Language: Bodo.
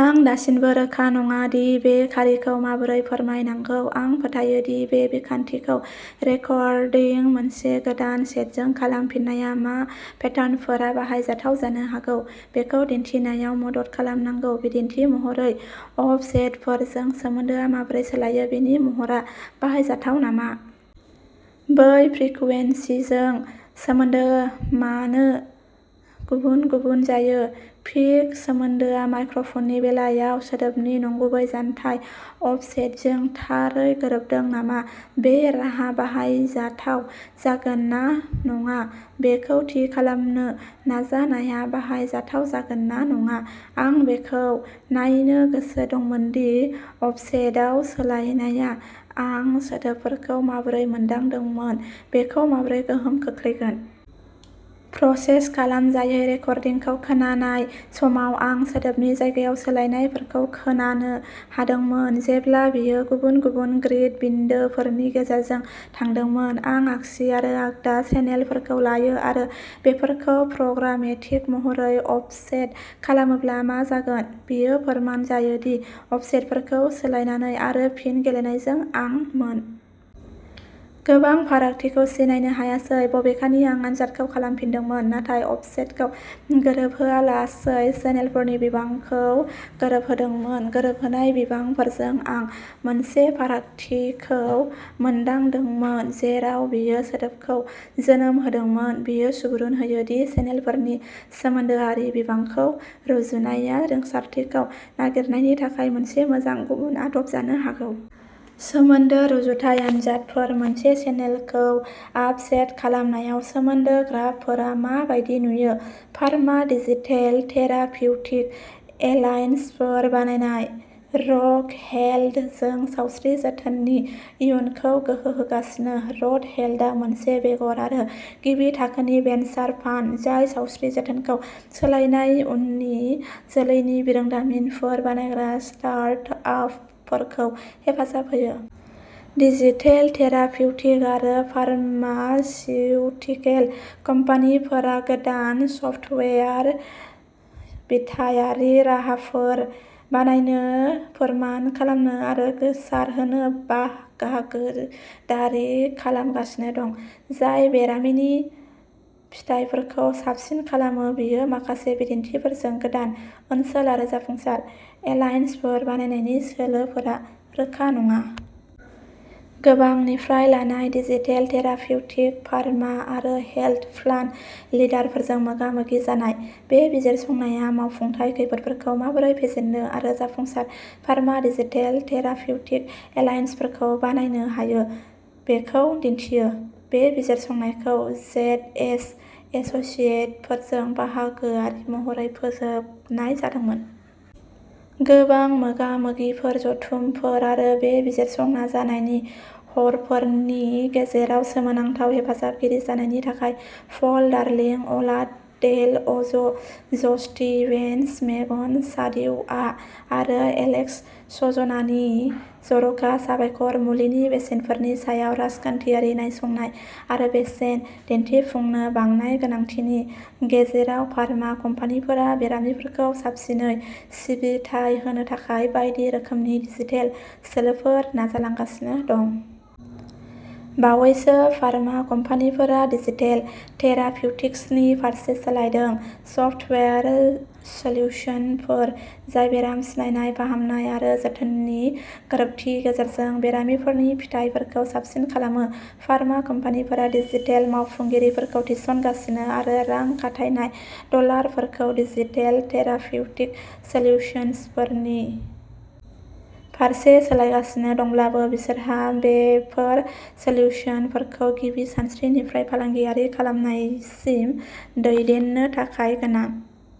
आं दासिमबो रोखा नङा दि बे खारिखौ माबोरै फोरमायनांगौ। आं फोथायो दि बे बिखान्थिखौ रेकर्डिंनि मोनसे गोदान सेटजों खालामफिननाया मा पेटार्नफोरा बाहायजाथाव जानो हागौ बेखौ दिन्थिनायाव मदद खालामनांगौ। बिदिन्थि महरै अफसेटफोरजों सोमोन्दोआ माबोरै सोलायो बेनि महरा बाहायजाथाव नामा? बै फ्रिकुयेन्सिजों सोमोन्दोआ मानो गुबुन-गुबुन जायो? पीक सोमोन्दोआ माइक्र'फ'ननि बेलायाव सोदोबनि नंगुबै जानथाय अफसेटजों थारै गोरोबदों नामा? बे राहा बाहायजाथाव जागोन ना नङा बेखौ थि खालामनो नाजानाया बाहायजाथाव जागोन ना नङा, आं बेखौ नायनो गोसो दंमोन दि अफसेटआव सोलायनायआ आं सोदोबफोरखौ माबोरै मोनदांदोंमोन बेखौ माबोरै गोहोम खोख्लैगोन। प्रसेस खालामजायै रेकर्डिंखौ खोनानाय समाव, आं सोदोबनि जायगायाव सोलायनायफोरखौ खोनानो हादोंमोन जेब्ला बेयो गुबुन-गुबुन ग्रिड बिन्दोफोरनि गेजेरजों थांदोंमोन। आं आगसि आरो आगदा चेनेलफोरखौ लायो आरो बेफोरखौ प्रग्रामेटिक महरै अफसेट खालामोब्ला मा जागोन? बेयो फोरमान जायो दि अफसेटफोरखौ सोलायनानै आरो फिन गेलेनायजों, आंमोन। गोबां फारागथिखौ सिनायनो हायासै। बबेखानि, आं आनजादखौ खालामफिनदोंमोन नाथाय अफसेटखौ गोरोबहोआलासै चेनेलफोरनि बिबांखौ गोरोबहोदोंमोन। गोरोबहोनाय बिबांफोरजों आं मोनसे फारागथिखौ मोनदांदोंमोन जेराव बेयो सोदोबखौ जोनोम होदोंमोन। बेयो सुबुरुन होयो दि चेनेलफोरनि सोमोन्दोआरि बिबांखौ रुजुनायआ रिंसारथिखौ नागिरनायनि थाखाय मोनसे मोजां गुबुन आदब जानो हागौ। सोमोन्दो रुजुथाय आनजादफोर मोनसे चेनेलखौ आफसेट खालामनायाव सोमोन्दो ग्राफफोरा मा बायदि नुयो? फार्मा डिजिटेल थेरापिउटिक एलायन्सफोर बानायनाय। रक हेल्थ। जों सावस्रि जोथोननि इयुनखौ गोहो होगासिनो। रक हेल्थआ मोनसे बेगर आरो गिबि थाखोनि भेन्सार फान्ड जाय सावस्रि जोथोनखौ सोलायनाय उननि जोलैनि बिरोंदामिनफोर बानायग्रा स्टार्टआपफोरखौ हेफाजाब होयो। डिजिटेल थेरापिउटिक आरो फार्मासिउटिकेल कम्पानिफोरा गोदान, सफ्टवेयार बिथायारि राहाफोर बानायनो, फोरमान खालामनो आरो गोसारहोनो बाहागोदारि खालामगासिनो दं जाय बेरामिनि फिथायफोरखौ साबसिन खालामो। बेयो माखासे बिदिन्थिफोरजों गोदान ओनसोल आरो जाफुंसार एलायन्सफोर बानायनायनि सोलोफोरा रोखा नङा। गोबांनिफ्राय लानाय। डिजिटेल थेरापिउटिक, फार्मा आरो हेल्थ प्लान लिडारफोरजों मोगा-मोगि जानाय, बे बिजिरसंनाया मावफुंथाय खैफोदफोरखौ माबोरै फेजेननो आरो जाफुंसार फार्मा डिजिटल थेरापिउटिक एलायन्सफोर बानायनो हायो बेखौ दिन्थियो। बे बिजिरसंनायखौ जेडएस एस'सिएटफोरजों बाहागोआरि महरै फोजोबनाय जादोंमोन। गोबां मोगा-मोगिफोर, जथुमफोर आरो बे बिजिरसं नाजानायनि हरफोरनि गेजेराव सोमोनांथाव हेफाजाबगिरि जानायनि थाखाय पल डार्लिं, अलाडेल अज', ज'स्टिभेन्स, मेगन सादिउआ आरो एलेक्स सजनानीनो जर'खा साबायखर। मुलिनि बेसेनफोरनि सायाव राजखान्थियारि नायसंनाय आरो बेसेन दिनथिफुंनो बांनाय गोनांथिनि गेजेराव, फार्मा कम्पानिफोरा बेरामिफोरखौ साबसिनै सिबिथाइ होनो थाखाय बायदि रोखोमनि डिजिटेल सोलोफोर नाजालांगासिनो दं। बावैसो, फार्मा कम्पानिफोरा डिजिटेल थेरापिउटिक्सनि फारसे सोलायदों सफ्टवेयार सल्युशनफोर जाय बेराम सिनायनाय, फाहामनाय आरो जोथोननि गोरोबथिनि गेजेरजों बेरामिफोरनि फिथायफोरखौ साबसिन खालामो। फार्मा कम्पानिफोरा डिजिटेल मावफुंगिरिफोरखौ थिसनगासिनो आरो रां खाथायनाय डलारफोरखौ डिजिटेल थेरापिउटिक सल्युशनफोरनि फारसे सोलायगासिनो दंब्लाबो, बिसोरहा बेफोर सल्युशनफोरखौ गिबि सानस्रिनिफ्राय फालांगियारि खालामनायसिम दैदेननो थाखाय गोनां